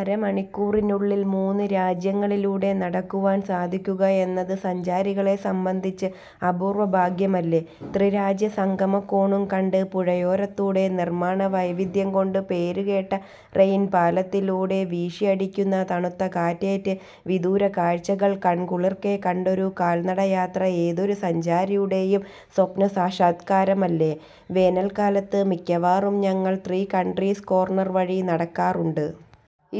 അരമണിക്കൂറിനുള്ളിൽ മൂന്ന് രാജ്യങ്ങളിലൂടെ നടക്കുവാൻ സാധിക്കുകയെന്നത് സഞ്ചാരികളെ സംബന്ധിച്ച് അപൂർവ്വ ഭാഗ്യമല്ലേ? ത്രിരാജ്യസംഗമ കോണും കണ്ട് പുഴയോരത്തൂടെ, നിർമ്മാണ വൈദഗ്ധ്യം കൊണ്ട് പേരുകേട്ട റൈൻ പാലത്തിലൂടെ, വീശിയടിക്കുന്ന തണുത്ത കാറ്റേറ്റ് വിദൂരകാഴ്ചകൾ കൺകുളിർക്കേ കണ്ടൊരു കാൽനടയാത്ര ഏതൊരു സഞ്ചാരിയുടേയും സ്വപ്നസാക്ഷാത്കാരമല്ലേ? വേനൽക്കാലത്ത് മിക്കവാറും ഞങ്ങൾ ത്രീ കൺട്രീസ് കോർണർ വഴി നടക്കാറുണ്ട്.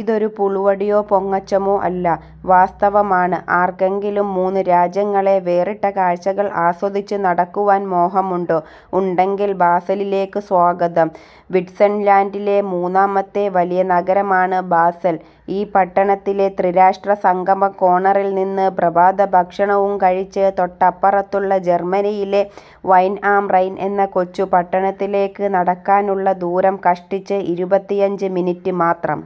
ഇതൊരു പുളു അടിയോ പൊങ്ങച്ചമോ അല്ല, വാസ്തവമാണ്. ആർക്കെങ്കിലും മൂന്നു രാജ്യങ്ങളിലെ വേറിട്ട കാഴ്ചകൾ ആസ്വദിച്ച് നടക്കുവാൻ മോഹമുണ്ടോ? ഉണ്ടെങ്കിൽ ബാസലിലേയ്ക്ക് സ്വാഗതം. വിറ്റ്സർലാൻഡിലെ മൂന്നാമത്തെ വലിയ നഗരമാണ് ബാസൽ. ഈ പട്ടണത്തിലെ ത്രിരാഷ്ട്ര സംഗമ കോർണറിൽ നിന്ന് പ്രഭാത ഭക്ഷണവും കഴിച്ച് തൊട്ടപ്പുറത്തുള്ള ജർമ്മനിയിലെ വൈൽ ആം റൈൻ എന്ന കൊച്ചു പട്ടണത്തിലേയ്ക്ക് നടക്കാനുള്ള ദൂരം കഷ്ടിച്ച് ഇരുപത്തിയഞ്ച് മിനിറ്റ് മാത്രം.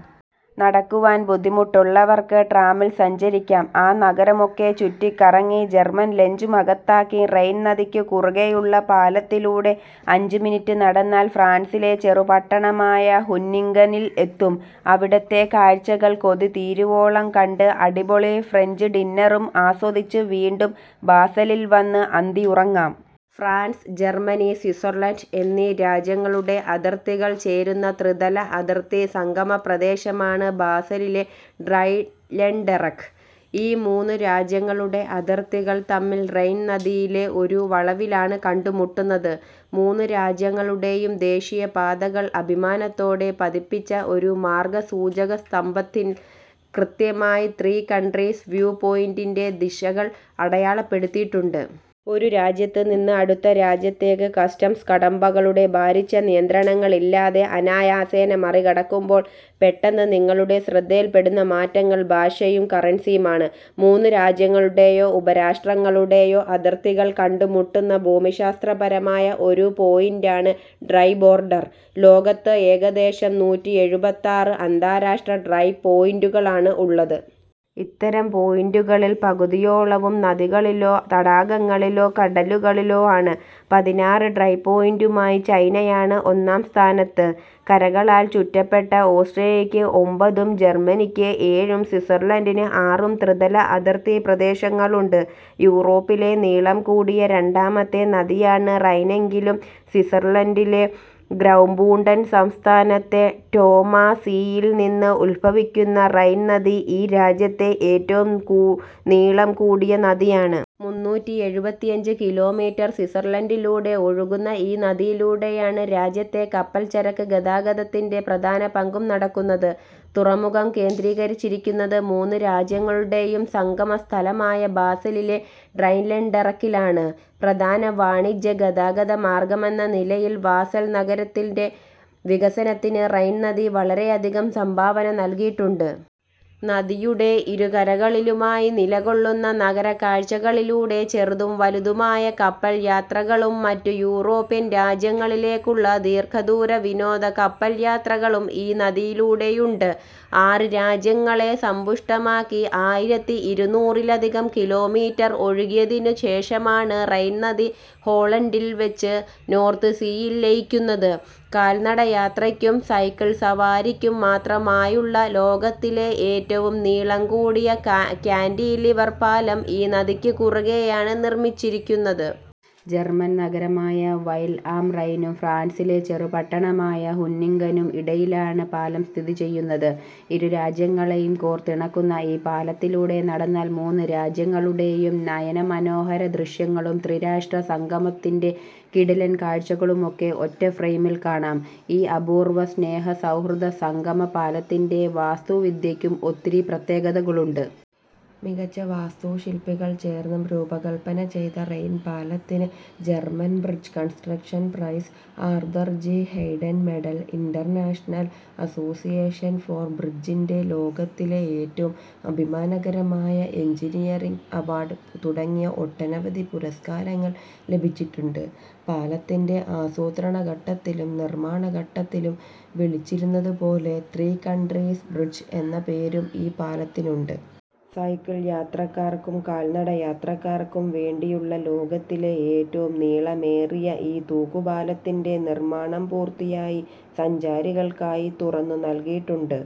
നടക്കുവാൻ ബുദ്ധിമുട്ടുള്ളവർക്ക് ട്രാമിൽ സഞ്ചരിക്കാം. ആ നഗരമൊക്കെ ചുറ്റിക്കറങ്ങി ജർമ്മൻ ലഞ്ചും അകത്താക്കി റൈൻ നദിക്ക് കുറുകെയുള്ള പാലത്തിലൂടെ അഞ്ചു മിനിറ്റ് നടന്നാൽ ഫ്രാൻസിലെ ചെറുപട്ടണമായ ഹുന്നിംഗനിൽ എത്തും. അവിടുത്തെ കാഴ്ചകൾ കൊതി തീരുവോളം കണ്ട് അടിപൊളി ഫ്രഞ്ച് ഡിന്നറും ആസ്വദിച്ച് വീണ്ടും ബാസലിൽ വന്ന് അന്തിയുറങ്ങാം. ഫ്രാൻസ്, ജർമ്മനി, സ്വിറ്റ്സർലൻഡ് എന്നീ രാജ്യങ്ങളുടെ അതിർത്തികൾ ചേരുന്ന ത്രിതല അതിർത്തി സംഗമ പ്രദേശമാണ് ബാസലിലെ ഡ്രൈലെൻഡെറെക്ക്. ഈ മൂന്നു രാജ്യങ്ങളുടെ അതിർത്തികൾ തമ്മിൽ റൈൻ നദിയിലെ ഒരു വളവിലാണ് കണ്ടുമുട്ടുന്നത്. മൂന്ന് രാജ്യങ്ങളുടേയും ദേശീയ പതാകകൾ അഭിമാനത്തോടെ പതിപ്പിച്ച ഒരു മാർഗ്ഗസൂചകസ്തംഭത്തിൽ കൃത്യമായി ത്രീ കൺട്രീസ് വ്യൂ പോയിൻ്റിൻ്റെ ദിശകൾ അടയാളപ്പെടുത്തിയിട്ടുണ്ട്. ഒരു രാജ്യത്ത് നിന്ന് അടുത്ത രാജ്യത്തേയ്ക്ക് കസ്റ്റംസ് കടമ്പകളുടെ ഭാരിച്ച നിയന്ത്രങ്ങളില്ലാതെ അനായാസേന മറികടക്കുമ്പോൾ പെട്ടെന്ന് നിങ്ങളുടെ ശ്രദ്ധയിൽപ്പെടുന്ന മാറ്റങ്ങൾ ഭാഷയും കറൻസിയുമാണ്. മൂന്ന് രാജ്യങ്ങളുടെയോ ഉപരാഷ്ട്രങ്ങളുടെയോ അതിർത്തികൾ കണ്ടുമുട്ടുന്ന ഭൂമിശാസ്ത്രപരമായ ഒരു പോയിന്റാണ് ട്രൈ ബോർഡർ. ലോകത്ത് ഏകദേശം നൂറ്റെഴുപത്താറ് അന്താരാഷ്ട്ര ട്രൈപോയിൻ്റുകളാണ് ഉള്ളത്. ഇത്തരം പോയിന്റുകളിൽ പകുതിയോളവും നദികളിലോ തടാകങ്ങളിലോ കടലുകളിലോ ആണ്. പതിനാറ് ട്രൈപോയിൻ്റുമായി ചൈനയാണ് ഒന്നാം സ്ഥാനത്ത്. കരകളാൽ ചുറ്റപ്പെട്ട ഓസ്ട്രിയയ്ക്ക് ഒമ്പതും ജർമ്മനിയ്ക്ക് ഏഴും സ്വിറ്റ്സർലൻഡിന് ആറും ത്രിതല അതിർത്തി പ്രദേശങ്ങളുണ്ട്. യൂറോപ്പിലെ നീളം കൂടിയ രണ്ടാമത്തെ നദിയാണ് റൈനെങ്കിലും സ്വിറ്റ്സർലൻഡിലെ ഗ്രൗബൂണ്ടൻ സംസ്ഥാനത്തെ റ്റോമാ സീയിൽ നിന്ന് ഉത്ഭവിക്കുന്ന റൈൻ നദി ഈ രാജ്യത്തെ ഏറ്റവും നീളം കൂടിയ നദിയാണ്. മുന്നൂറ്റി എഴുപത്തിയഞ്ച് കിലോമീറ്റർ സ്വിറ്റ്സർലൻഡിലൂടെ ഒഴുകുന്ന ഈ നദിയിലൂടെയാണ് രാജ്യത്തെ കപ്പൽ ചരക്ക് ഗതാഗതത്തിൻ്റെ പ്രധാന പങ്കും നടക്കുന്നത്. തുറമുഖം കേന്ദ്രീകരിച്ചിരിക്കുന്നത് മൂന്നു രാജ്യങ്ങളുടേയും സംഗമ സ്ഥലമായ ബാസലിലെ ഡ്രൈലെൻഡെറെക്കിലാണ്. പ്രധാന വാണിജ്യഗതാഗത മാർഗ്ഗമെന്ന നിലയിൽ ബാസൽ നഗരത്തിൻ്റെ വികസനത്തിന് റൈൻ നദി വളരെയധികം സംഭാവന നൽകിയിട്ടുണ്ട്. നദിയുടെ ഇരുകരകളിലുമായി നിലകൊള്ളുന്ന നഗരക്കാഴ്ചകളിലൂടെ ചെറുതും വലുതുമായ കപ്പൽ യാത്രകളും മറ്റു യൂറോപ്യൻ രാജ്യങ്ങളിലേയ്ക്കുള്ള ദീർഘദൂര വിനോദ കപ്പൽയാത്രകളും ഈ നദിയിലൂടെയുണ്ട്. ആറ് രാജ്യങ്ങളെ സമ്പുഷ്ടമാക്കി ആയിരത്തി ഇരുനൂറി ലധികം കിലോമീറ്റർ ഒഴുകിയതിനു ശേഷമാണ് റൈൻ നദി ഹോളണ്ടിൽ വച്ച് നോർത്ത് സീയിൽ ലയിക്കുന്നത്. കാൽനടയാത്രയ്ക്കും സൈക്കിൾ സവാരിക്കും മാത്രമായുള്ള ലോകത്തിലെ ഏറ്റവും നീളം കൂടിയ കാൻ്റിലിവർ പാലം ഈ നദിക്ക് കുറുകെയാണ് നിർമ്മിച്ചിരിക്കുന്നത്. ജർമ്മൻ നഗരമായ വൈൽ ആം റൈനും ഫ്രാൻസിലെ ചെറുപട്ടണമായ ഹുന്നിംഗനും ഇടയിലാണ് പാലം സ്ഥിതിചെയ്യുന്നത്. ഇരു രാജ്യങ്ങളേയും കോർത്തിണക്കുന്ന ഈ പാലത്തിലൂടെ നടന്നാൽ മൂന്നു രാജ്യങ്ങളുടേയും നയനമനോഹര ദൃശ്യങ്ങളും ത്രിരാഷ്ട്ര സംഗമത്തിൻ്റെ കിടിലൻ കാഴ്ചകളുമൊക്കെ ഒറ്റ ഫ്രെയിമിൽ കാണാം. ഈ അപൂർവ്വ സ്നേഹ സൗഹൃദ സംഗമ പാലത്തിൻ്റെ വാസ്തുവിദ്യയ്ക്കും ഒത്തിരി പ്രത്യേകതകളുണ്ട്. മികച്ച വാസ്തുശില്പികൾ ചേർന്ന് രൂപകല്പന ചെയ്ത റൈൻ പാലത്തിന് German bridge construction prize, Arthur G Hayden medal, international association for ബ്രിഡ്ജിൻ്റെ ലോകത്തിലെ ഏറ്റവും അഭിമാനകരമായ എൻജിനീയറിംഗ് അവാർഡ് തുടങ്ങി ഒട്ടനവധി പുരസ്കാരങ്ങൾ ലഭിച്ചിട്ടുണ്ട്. പാലത്തിൻ്റെ ആസൂത്രണ ഘട്ടത്തിലും നിർമ്മാണ ഘട്ടത്തിലും വിളിച്ചിരുന്നതുപോലെ 'ത്രീ കൺട്രീസ് ബ്രിഡ്ജ്' എന്ന പേരും ഈ പാലത്തിനുണ്ട്. സൈക്കിൾ യാത്രക്കാർക്കും കാൽനടയാത്രക്കാർക്കും വേണ്ടിയുള്ള ലോകത്തിലെ ഏറ്റവും നീളമേറിയ ഈ തൂക്കുപാലത്തിൻ്റെ നിർമ്മാണം പൂർത്തിയായി സഞ്ചാരികൾക്കായി തുറന്നു നൽകിയിട്ടുണ്ട്.